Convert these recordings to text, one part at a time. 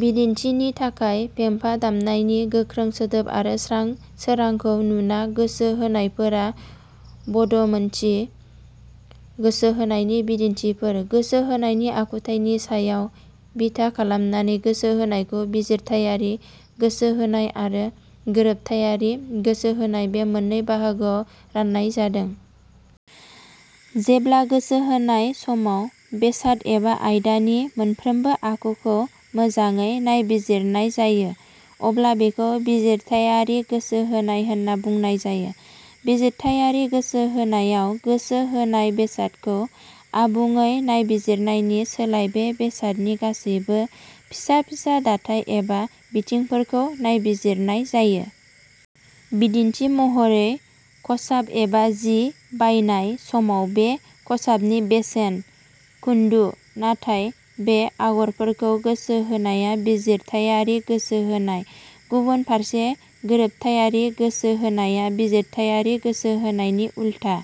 बिदिन्थिनि थाखाय, फेंफा दामनायनि गोख्रों सोदोब आरो स्रां सोरांखौ नुना गोसो होनायफोरा बदमोनथि गोसो होनायनि बिदिन्थिफोर।: गोसो होनायनि आखुथाइनि सायाव बिथा खालामनानै गोसो होनायखौ बिजिरथाइयारि गोसोहोनाय आरो गोरोबथाइयारि गोसो होनाय बे मोननै बाहागोआव राननाय जादों। जेब्ला गोसो होनाय समाव बेसाद एबा आयदानि मोनफ्रोमबो आखुखौ मोजांयै नायबिजिरनाय जायो अब्ला बेखौ बिजिरथाइयारि गोसो होनाय होनना बुंनाय जायो। बिजिरथाइयारि गोसो होनायाव, गोसो होनाय बेसादखौ आबुंयै नायबिजिरनायनि सोलाय बे बेसादनि गासैबो फिसा फिसा दाथाइ एबा बिथिंफोरखौनो नायबिजिरनाय जायो। बिदिन्थि महरै, खसाब एबा जि बायनाय समाव बे खसाबनि बेसेन, खुन्दु, दाथाइ आरो आगरफोरखौ गोसो होनाया बिजिरथाइयारि गोसो होनाय। गुबुन फारसे गोरोबथाइयारि गोसो होनाया बिजिरथाइयारि गोसो होनायनि उल्था।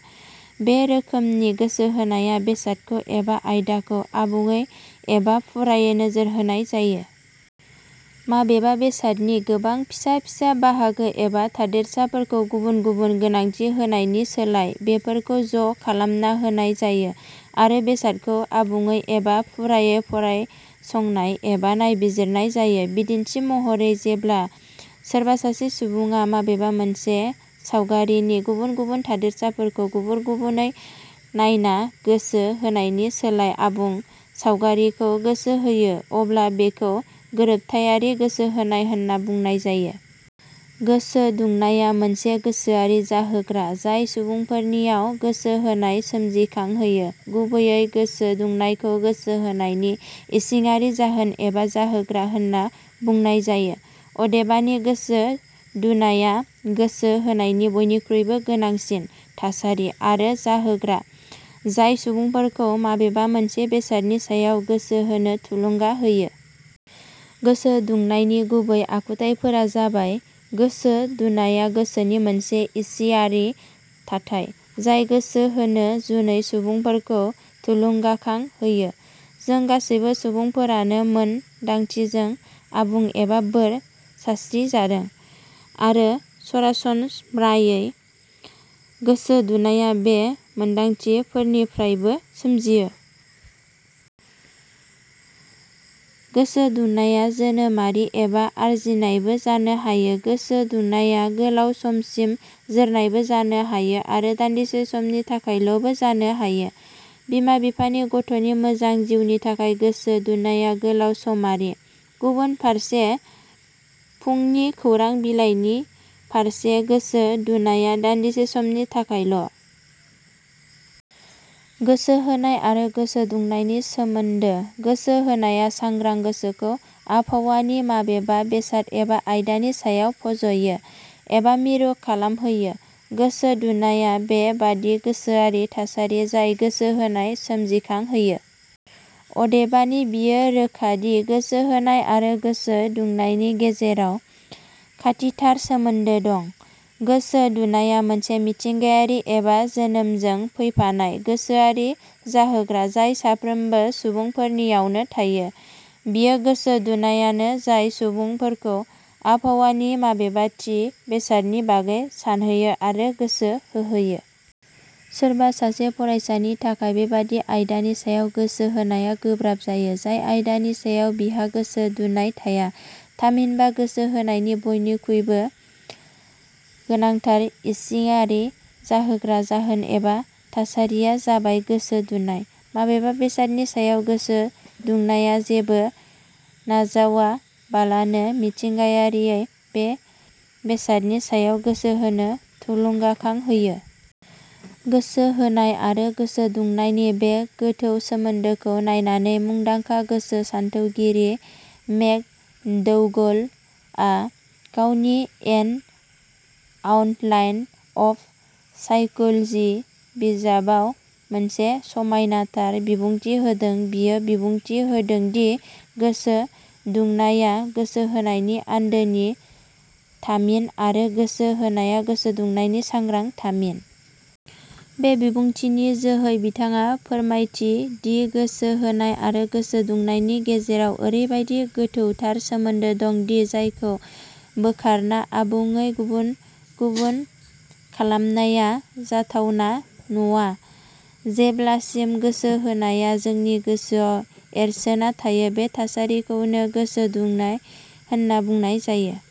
बे रोखोमनि गोसो होनायाव बेसादखौ एबा आयदाखौ आबुंयै एबा फुरायै नोजोर होनाय जायो। माबेबा बेसादनि गोबां फिसा फिसा बाहागो एबा थादेरसाफोरखौ गुबुन गुबुन गोनांथि होनायनि सोलाय, बेफोरखौ ज' खालामना होनाय जायो आरो बेसादखौ आबुंयै एबा फुरायै फरायसंनाय एबा नायबिजिरनाय जायो। बिदिन्थि महरै जेब्ला सोरबा सासे सुबुंआ माबेबा मोनसे सावगारिनि गुबुन गुबुन थादेरसाफोरखौ गुबुन गुबुनै नायना गोसो होनायनि सोलाय आबुं सावगारिखौ गोसो होयो अब्ला बेखौनो गोरोबथाइयारि गोसो होनाय होनना बुंनाय जायो।: गोसो दुंनाया मोनसे गोसोआरि जाहोग्रा जाय सुबुंफोरनियाव गोसो होनाय सोमजिखां होयो। गुबैयै गोसो दुंनायखौ गोसो होनायनि इसिंआरि जाहोन एबा जाहोग्रा होनना बुंनाय जायो। अबेदानि गोसो दुनाया गोसो होनायनि बयनिखुइबो गोनांसिन थासारि आरो जाहोग्रा जाय सुबुंफोरखौ माबेबा मोनसे बेसादनि सायाव गोसो होनो थुलुंगा होयो। गोसो दुंनायनि गुबै आखुथाइफोरा जाबाय:. गोसो दुनाया गोसोनि मोनसे इसिङारि थाथाइ, जाय गोसो होनो जुनै सुबुंफोरखौ थुलुंगाखां होयो।. जों गासैबो सुबुंफोरानो मोन दांथिजों आबुं एबा बोर सारस्रि जादों, आरो सरासनम्रायै गोसो दुनाया बे मोनदांथि फोरनिफ्रायनो सोमजियो।. गोसो दुंनाया जोनोमआरि एबा आरजिनायबो जानो हायो।. गोसो दुंनाया गोलाउ समसिम जोरनायबो जानो हायो आरो दान्दिसे समनि थाखायल 'बो जानो हायो। बिमा-बिफानि गथ'नि मोजां जिउनि थाखाय गोसो दुनाया गोलाउ समारि। गुबुन फारसे फुंनि खौरां-बिलाइनि फारसे गोसो दुनाया दान्दिसे समनि थाखाय ल'।: गोसो होनाय आरो गोसो दुंनायनि सोमोन्दो: गोसो होनाया सांग्रां गोसोखौ आबहावानि माबेबा बेसाद एबा आयदानि सायाव फज'यो एबा मिरु खालामहोयो। गोसो दुनाया बे बादि गोसोआरि थासारि जाय गोसो होनाय सोमजिखां होयो। अदेबानि बेयो रोखा दि गोसो होनाय आरो गोसो दुंनायनि गेजेराव खाथिथार सोमोन्दो दं। गोसो दुनाया मोनसे मिथिंगायारि एबा जोनोमजों फैफानाय गोसोआरि जाहोग्रा जाय साफ्रोमबो सुबुंफोरनियावनो थायो। बेयो गोसो दुनायानो जाय सुबुंफोरखौ आबहावानि माबेबा थि बेसादनि बागै सानहोयो आरो गोसो होहोयो। सोरबा सासे फरायसानि थाखाय बेबादि आयदानि सायाव गोसो होनाया गोब्राब जायो जाय आयदानि सायाव बिहा गोसो दुनाय थाया। थामहिनबा गोसो होनायनि बयनिखुइबो गोनांथार इसिङारि जाहोग्रा जाहोन एबा थासारिया जाबाय गोसो दुनाय। माबेबा बेसादनि सायाव गोसो दुंनाया जेबो नाजायाबालानो मिथिंगायारियै बे बेसादनि सायाव गोसो होनो थुलुंगाखां होयो। गोसो होनाय आरो गोसो दुंनायनि बे गोथौ सोमोन्दोखौ नायनानै मुंदांखा गोसो सान्थौगिरि मेक. डोंगल आ गावनि "एन आउटलाइन अफ साइकोलजि" बिजाबाव मोनसे समायनाथार बिबुंथि होदों। बियो बिबुंथि होदों दि, "गोसो दुंनाया गोसो होनायनि आन्दोनि थामिन आरो गोसो होनाया गोसो दुंनायनि सांग्रां थामिन"। बे बिबुंथिनि जोहै बिथांआ फोरमायथि दि गोसो होनाय आरो गोसो दुंनायनि गेजेराव औरैबादि गोथौथार सोमोन्दो दं दि जायखौ बोखारना आबुंयै गुबुन गुबुन खालामनाया जाथावना नङा। जेब्ला सिम गोसो होनाया जोंनि गोसोआव एरसोना थायो, बे थासारिखौनो गोसो दुंनाय होनना बुंनाय जायो।